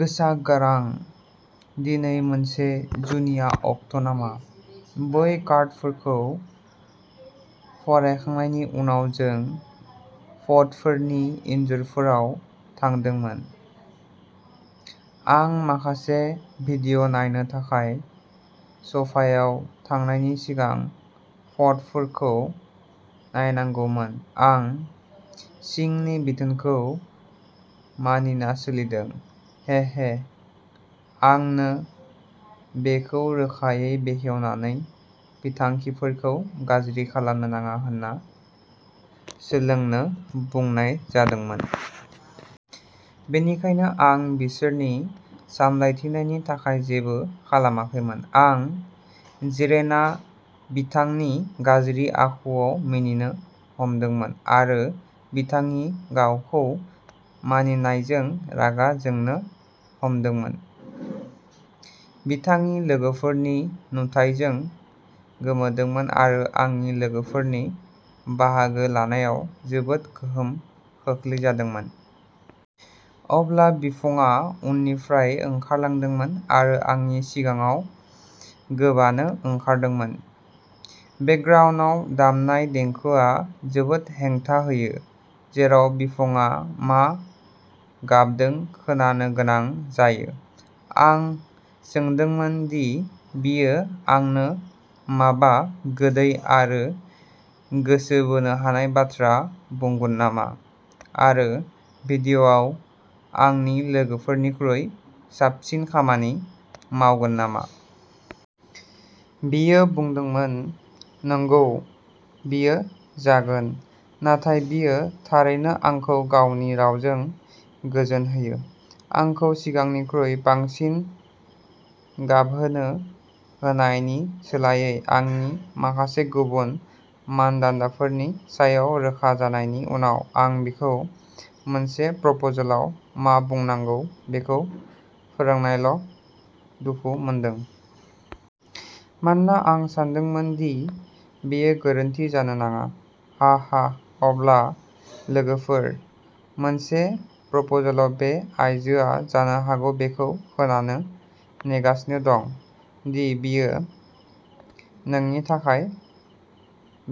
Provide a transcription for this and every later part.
गोसा गारां "दिनै मोनसे जुनिया अक्ट'नामा?". बै कार्डफोरखौ फरायखांनायनि उनाव जों फट'फोरनि इन्जुरफोराव थांदोंमोन। आं माखासे भिडिअ' नायनो थाखाय स'फायाव थांनायनि सिगां फट'फोरखौ नायनांगौमोन। आं चिंगनि बिथोनखौ मानिना सोलिदों। हे हे आंनो बेखौ रोखायै बेखेवनानै बिथांखिफोरखौ गाज्रि खालामनो नाङा होनना सोलोंनो बुंनाय जादोंमोन। बेनिखायनो आं बिसोरनि सामलायथिनायनि थाखाय जेबो खालामाखैमोन। आं जिरायना बिथांनि गाज्रि आखुआव मिनिनो हमदोंमोन आरो बिथांनि गावखौ मानिनायजों रागा जोंनो हमदोंमोन, बिथांनि लोगोफोरनि नुथाइजों गोमोदोंमोन आरो आंनि लोगोफोरनि बाहागो लानायाव जोबोद गोहोम खोख्लैजादोंमोन। अब्ला बिफंआ उननिफ्राय ओंखारलांदोंमोन आरो आंनि सिगाङाव गोबानो ओंखारदोंमोन। बेकग्राउन्दआव दामनाय देंखोआ जोबोद हेंथा होयो, जेराव बिफंआ मा गाबदों खोनानो गोनां जायो। आं सोंदोंमोन दि बियो आंनो माबा गोदै आरो गोसो बोनो हानाय बाथ्रा बुंगोन नामा आरो भिडिअ'आव आंनि लोगोफोरनिख्रुइ साबसिन खामानि मावगोन नामा। बियो बुंदोंमोन नंगौ, बियो जागोन। नाथाय, बियो थारैनो आंखौ गावनि रावजों गोजोन होयो, आंखौ सिगांनिख्रुइ बांसिन गाबहोनो होनायनि सोलायै। आंनि माखासे गुबुन मानदान्दाफोरनि सायाव रोखा जानायनि उनाव, आं बिखौ मोनसे प्रप'जलाव मा बुंनांगौ बेखौ फोरोंनायल' दुखु मोनदों। मानोना आं सानदोंमोन दि बेयो गोरोन्थि जानो नाङा। हा हा अब्ला लोगोफोर, मोनसे प्रप'जलाव, बे आइजोआ जानो हागौ बेखौ खोनानो नेगासिनो दं दि बियो नोंनि थाखाय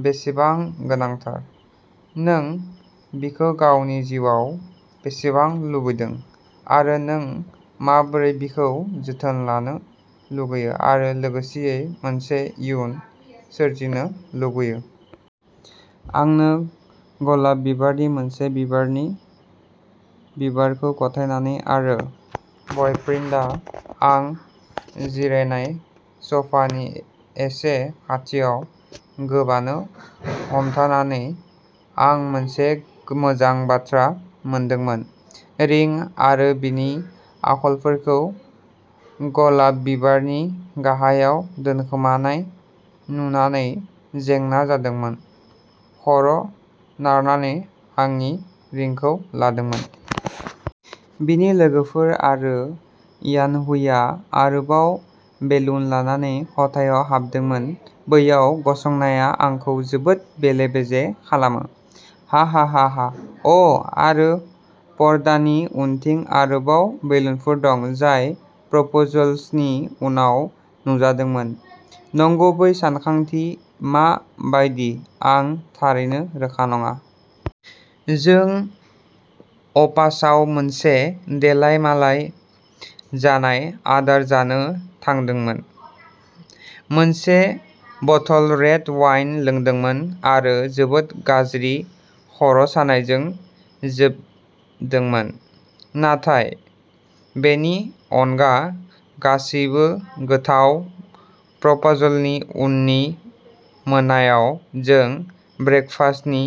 बेसेबां गोनांथार, नों बिखौ गावनि जिउआव बेसेबां लुबैदों आरो नों माबोरै बिखौ जोथोन लानो लुगैयो आरो लोगोसेयै मोनसे इयुन सोरजिनो लुगैयो। आंनो गलाब बिबारनि मोनसे बिबारनि बिबारखौ गथायनानै आरो बइप्रिन्टआ आं जिरायनाय स'फानि एसे खाथियाव गोबानो हमथानानै, आं मोनसे मोजां बाथ्रा मोनदोंमोन। रिं आरो बिनि आखलफोरखौ गलाब बिबारनि गाहायाव दोनखोमानाय नुनानै जेंना जादोंमोन। खर'नारनानै आंनि रिंखौ लादोंमोन। बिनि लोगोफोर आरो यानहुईआ आरोबाव बेलुन लानानै खथायाव हाबदोंमोन। बैयाव गसंनाया आंखौ जोबोद बेले-बेजे खालामो। हाहाहाहा अ' आरो पर्दानि उनथिं आरोबाव बेलुनफोर दं, जाय प्रप'जलसनि उनाव नुजादोंमोन। नंगुबै सानखांथि मा बायदि, आं थारैनो रोखा नङा। जों अ'पासाव मोनसे देलायमालाय जानाय आदार जानो थांदोंमोन। मोनसे बथल रेड वाइन लोंदोंमोन आरो जोबोद गाज्रि खर'सानायजों जोबदोंमोन, नाथाय बेनि अनगा, गासैबो गोथाव! प्रप'जलनि उननि मोनायाव, जों ब्रेकफास्टनि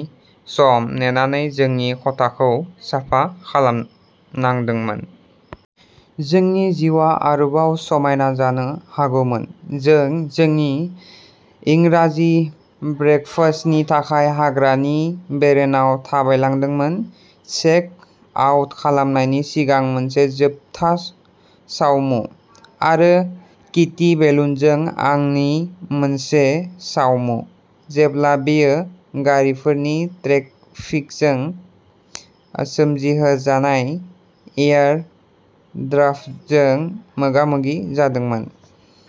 सम नेनानै जोंनि खथाखौ साफा खालामनांदोंमोन। जोंनि जिउआ आरोबाव समायना जानो हागौमोन। जों जोंनि इंराजि ब्रेकफास्टनि थाखाय हाग्रानि बेरेनाव थाबायलांदोंमोन। चेक आउट खालामनायनि सिगां मोनसे जोबथा सावमु। आरो किटि बेलुनजों आंनि मोनसे सावमु, जेब्ला बेयो गारिफोरनि ट्रेफिकजों सोमजिहोजानाय एयार ड्राफ्टजों मोगा-मोगि जादोंमोन।